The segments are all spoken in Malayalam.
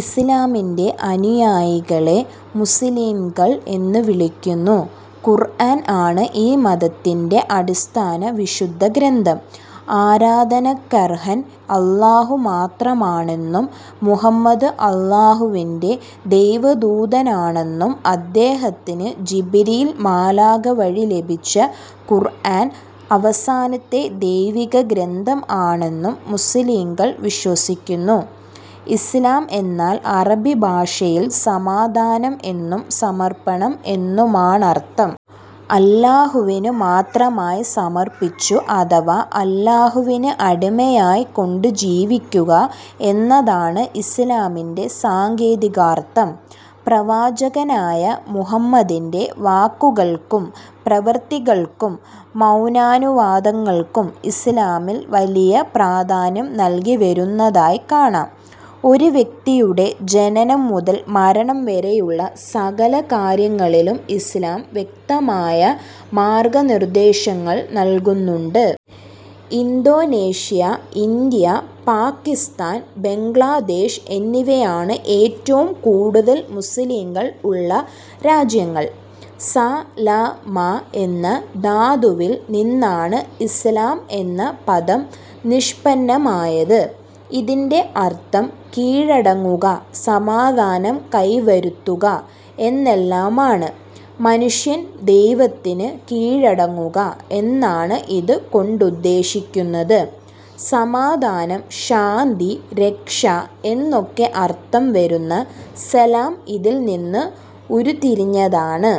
ഇസ്ലാമിന്റെ അനുയായികളെ മുസ്ലിംകൾ എന്ന് വിളിക്കുന്നു. ഖുർആൻ ആണ് ഈ മതത്തിന്റെ അടിസ്ഥാന വിശുദ്ധഗ്രന്ഥം. ആരാധനക്കർഹൻ അല്ലാഹു മാത്രമാണെന്നും മുഹമ്മദ് അല്ലാഹുവിന്റെ ദൈവദൂതനാണെന്നും അദ്ദേഹത്തിന് ജിബ്രീൽ മാലാഖ വഴി ലഭിച്ച ഖുർആൻ അവസാനത്തെ ദൈവിക ഗ്രന്ഥം ആണെന്നും മുസ്ലിംകൾ വിശ്വസിക്കുന്നു. ഇസ്ലാം എന്നാൽ അറബി ഭാഷയിൽ സമാധാനം എന്നും സമർപ്പണം എന്നുമാണർത്ഥം. അല്ലാഹുവിന് മാത്രമായി സമർപ്പിച്ചു അഥവാ അല്ലാഹുവിന് അടിമയായി കൊണ്ട് ജീവിക്കുക എന്നതാണ് ഇസ്ലാമിന്റെ സാങ്കേതികാർത്ഥം. പ്രവാചകനായ മുഹമ്മദിന്റെ വാക്കുകൾക്കും പ്രവർത്തികൾക്കും മൗനാനുവാദങ്ങൾക്കും ഇസ്ലാമിൽ വലിയ പ്രാധാന്യം നൽകി വരുന്നതായി കാണാം. ഒരു വ്യക്തിയുടെ ജനനം മുതൽ മരണം വരെയുള്ള സകല കാര്യങ്ങളിലും ഇസ്ലാം വ്യക്തമായ മാർഗനിർദ്ദേശങ്ങൾ നൽകുന്നുണ്ട്. ഇന്തോനേഷ്യ, ഇന്ത്യ, പാകിസ്താൻ, ബംഗ്ലാദേശ് എന്നിവയാണു എറ്റവും കൂടുതൽ മുസ്ലിംകൾ ഉള്ള രാജ്യങ്ങൾ. സ, ല, മ എന്ന ധാതുവിൽ നിന്നാണ് ഇസ്ലാം എന്ന പദം നിഷ്പന്നമായത്. ഇതിന്റെ അർത്ഥം കീഴടങ്ങുക, സമാധാനം കൈവരുത്തുക എന്നെല്ലാമാണ്. മനുഷ്യൻ ദൈവത്തിന് കീഴടങ്ങുക എന്നാണ് ഇത് കൊണ്ടുദ്ദേശിക്കുന്നത്. സമാധാനം, ശാന്തി, രക്ഷ എന്നൊക്ക അർത്ഥം വരുന്ന 'സലാം' ഇതിൽ നിന്ന് ഉരുത്തിരിഞ്ഞതാണ്.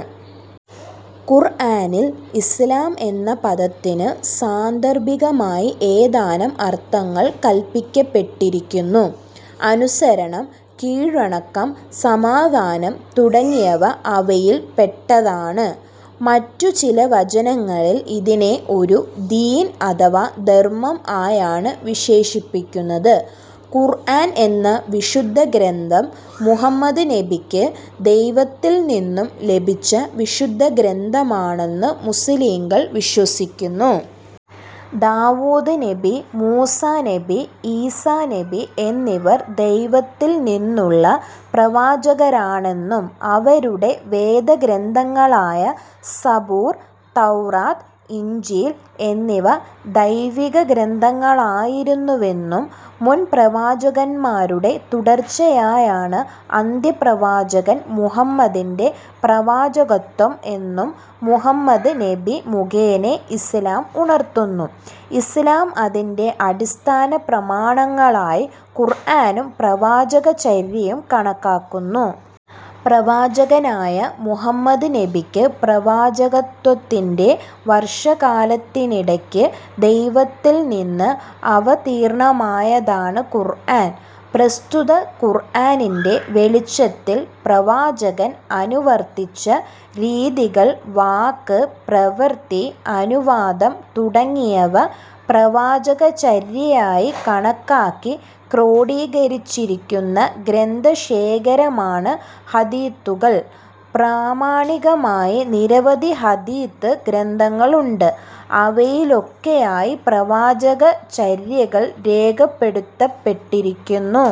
ഖുർആനിൽ 'ഇസ്ലാം' എന്ന പദത്തിന് സാന്ദർഭികമായി ഏതാനും അർത്ഥങ്ങൾ കൽപ്പിക്കപ്പെട്ടിരിക്കുന്നു. അനുസരണം, കീഴ്വണക്കം, സമാധാനം തുടങ്ങിയവ അവയിൽ പെട്ടതാണ്. മറ്റു ചില വചനങ്ങളിൽ ഇതിനെ ഒരു 'ദീൻ' അഥവാ ധർമ്മം ആയാണ് വിശേഷിപ്പിക്കുന്നത്. ഖുർആൻ എന്ന വിശുദ്ധ ഗ്രന്ഥം മുഹമ്മദ് നബിക്ക് ദൈവത്തിൽ നിന്നും ലഭിച്ച വിശുദ്ധഗ്രന്ഥമാണെന്ന് മുസ്ലിംകൾ വിശ്വസിക്കുന്നു. ദാവൂദ് നബി, മൂസ നബി, ഈസ നബി എന്നിവർ ദൈവത്തിൽ നിന്നുള്ള പ്രവാചകരാണെന്നും അവരുടെ വേദഗ്രന്ഥങ്ങളായ സബൂർ, തൌറാത്ത്, ഇഞ്ചീൽ എന്നിവ ദൈവികഗ്രന്ഥങ്ങളായിരുന്നുവെന്നും, മുൻ പ്രവാചകന്മാരുടെ തുടർച്ചയായാണ് അന്ത്യപ്രവാചകൻ മുഹമ്മദിന്റെ പ്രവാചകത്വം എന്നും മുഹമ്മദ് നബി മുഖേന ഇസ്ലാം ഉണർത്തുന്നു. ഇസ്ലാം അതിന്റെ അടിസ്ഥാന പ്രമാണങ്ങളായി ഖുർആനും പ്രവാചകചര്യയും കണക്കാക്കുന്നു. പ്രവാചകനായ മുഹമ്മദ് നബിക്ക് പ്രവാചകത്വത്തിന്റെ വർഷക്കാലത്തിനിടക്ക് ദൈവത്തിൽ നിന്ന് അവതീർണ്ണമായതാണ് ഖുർആൻ. പ്രസ്തുത ഖുർആനിന്റെ വെളിച്ചത്തിൽ പ്രവാചകൻ അനുവർത്തിച്ച രീതികൾ, വാക്ക്, പ്രവൃത്തി, അനുവാദം തുടങ്ങിയവ പ്രവാചകചര്യയായി കണക്കാക്കി ക്രോഡീകരിച്ചിരിക്കുന്ന ഗ്രന്ഥ ശേഖരമാണ് ഹദീഥുകൾ. പ്രാമാണികമായ നിരവധി ഹദീഥ് ഗ്രന്ഥങ്ങളുണ്ട്. അവയിലൊക്കെയായി പ്രവാചക ചര്യകൾ രേഖപ്പെടുത്തപ്പെട്ടിരിക്കുന്നു.